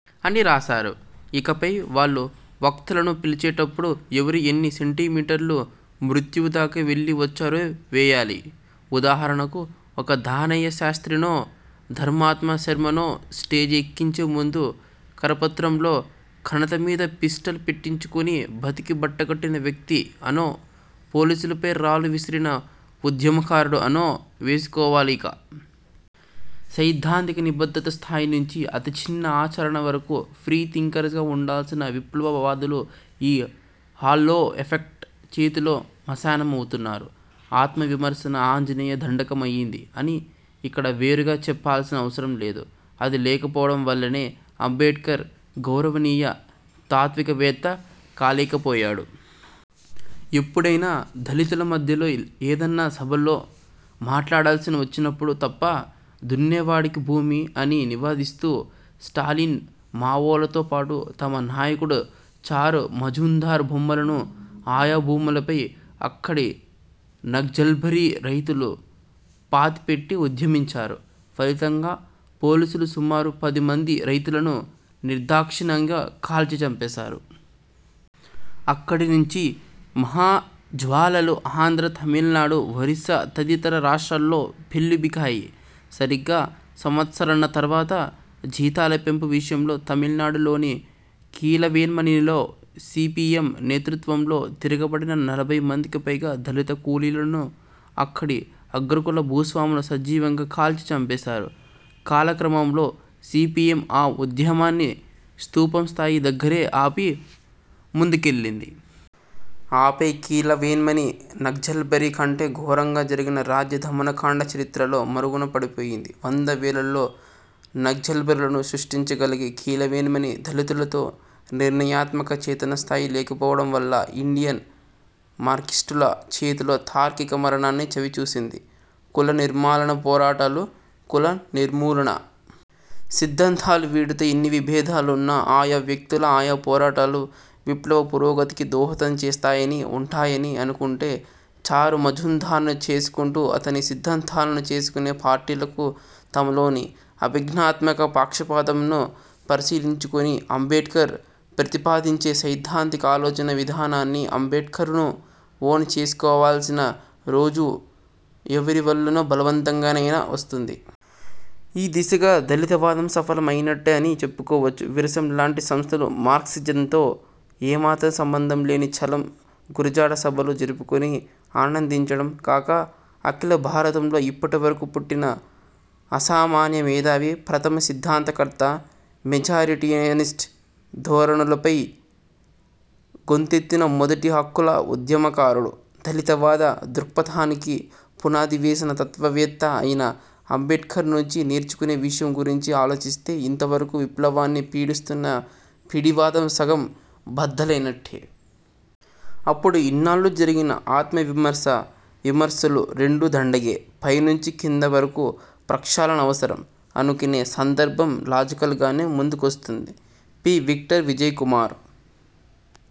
అని రాశారు. ఇకపై వాళ్ళు వక్తలను పిలిచేటప్పుడు, ఎవరు ఎన్ని సెంటిమీటర్లు మృత్యువు దాకా వెళ్ళి వచ్చారో వేయాలి. ఉదాహరణకు ఒక దానయ్య శాస్త్రినో, ధర్మాత్మ శర్మనో స్టేజ్ ఎక్కించే ముందు కరపత్రంలో ''కణత మీద పిస్టల్ పెట్టించుకుని బతికి బట్టగట్టిన వ్యక్తి'' అనో, ''పోలీసులపై రాళ్ళు విసిరిన ఉద్యమకారుడు'' అనో వేసుకోవాలి ఇక. సైద్ధాంతిక నిబద్ధత స్థాయి నుంచి, అతి చిన్న ఆచరణ వరకు 'ఫ్రీ థింకర్స్'గా ఉండాల్సిన విప్లవ వాదులు ఈ 'హాలో ఎఫెక్ట్' చేతిలో మశానం అవుతున్నారు. 'ఆత్మ విమర్శ' ఆంజనేయ దండకం అయ్యింది అని ఇక్కడ వేరుగా చెప్పాల్సిన అవసరం లేదు. అది లేకపోవడం వల్లనే అంబేడ్కర్ గౌరవనీయ తాత్వికవేత్త కాలేకపోయాడు. ఎప్పుడైనా దళితుల మధ్యలో ఏదన్నా సభల్లో మాట్లాడాల్సి వచ్చినప్పుడు తప్ప. 'దున్నేవాడికే భూమి' అని నినాదిస్తూ స్టాలిన్, మావోలతో పాటు తమ నాయకుడు చారు మజుందార్ బొమ్మలను ఆయా భూములపై అక్కడి నగ్జల్బరీ రైతులు పాతిపెట్టి ఉద్యమించారు.. ఫలితంగా పోలీసులు సుమారు పది మంది రైతులను నిర్దాక్షిణ్యంగా కాల్చి చంపేసారు. అక్కడి నుంచి మహా జ్వాలలు ఆంధ్ర, తమిళనాడు, ఒరిస్సా తదితర రాష్ట్రాల్లో పెల్లుబికాయి. సరిగ్గా సంవత్సరన్నర తర్వాత, జీతాల పెంపు విషయంలో తమిళనాడులోని కీలవేన్మణిలో సీపీఎం నేతృత్వంలో తిరగబడిన నలభై మందికి పైగా దళిత కూలీలను అక్కడి అగ్రకుల భూస్వాములు సజీవంగా కాల్చి చంపేసారు. కాలక్రమంలో సీపీఎం ఆ ఉద్యమాన్ని స్థూపం స్థాయి దగ్గరే ఆపి ముందుకెళ్ళింది. ఆపై కీలవేన్మణి, నగ్జల్బరీ కంటే ఘోరంగా జరిగిన రాజ్య దమనకాండ చరిత్రలో మరుగున పడిపోయింది. వంద, వేలల్లో నగ్జల్బరులను సృష్టించగలిగే కీలవేన్మణి, దళితులలో నిర్ణయాత్మక చైతన్య స్థాయి లేకపోవడం వల్ల, ఇండియన్ మార్క్సిస్టుల చేతిలో తార్కిక మరణాన్ని చవిచూసింది. కుల నిర్మూలనా పోరాటాలు, కుల నిర్మూలనా సిద్ధాంతాలు వీటితో ఎన్ని విభేదాలున్నా ఆయా వ్యక్తులు, ఆయా పోరాటాలు విప్లవ పురోగతికి దోహదం చేస్తాయనీ, ఉంటాయనీ అనుకుంటే, చారు మజుందార్ను '' చేసుకుంటూ అతని సిద్ధాంతాలను '' చేసుకునే పార్టీలకు, తమలోని అభిజ్ఞాత్మక పక్షపాతం ను పరిశీలించుకుని అంబేడ్కర్ ప్రతిపాదించే సైద్ధాంతిక ఆలోచన విధానాన్నీ, అంబేడ్కర్నూ 'ఓన్' చేసుకోవాల్సిన రోజు ఎవరి వల్లనో బలవంతంగానైనా వస్తుంది. ఈ దిశగా దళితవాదం సఫలం అయినట్టే అని చెప్పుకోవచ్చు. విరసం లాంటి సంస్థలు మార్క్సిజంతో ఏమాత్రం సంబంధం లేని చలం, గురజాడ సభలు జరుపుకుని ఆనందించడం కాక అఖిల భారతంలో ఇప్పటి వరకు పుట్టిన అసామాన్య మేధావి, ప్రథమ సిద్ధాంత కర్త, మెజారిటేరియనిస్ట్ ధోరణులపై గొంతెత్తిన మొదటి హక్కుల ఉద్యమకారుడు, దళితవాద దృక్పథానికి పునాదివేసిన తత్వవేత్త అయిన అంబేడ్కర్ నుంచి నేర్చుకునే విషయం గురించి ఆలోచిస్తే ఇంత వరకు విప్లవాన్ని పీడిస్తున్న పిడివాదం సగం బద్దలైనట్టే. అప్పుడు ఇన్నాళ్ళు జరిగిన ''ఆత్మ విమర్శ, విమర్శలు రెండూ దండగే, పై నుంచి కింద వరకు ప్రక్షాళన అవసరం'' అనుకునే సందర్భం లాజికల్ గానే ముందుకొస్తుంది. పి.విక్టర్ విజయ్ కుమార్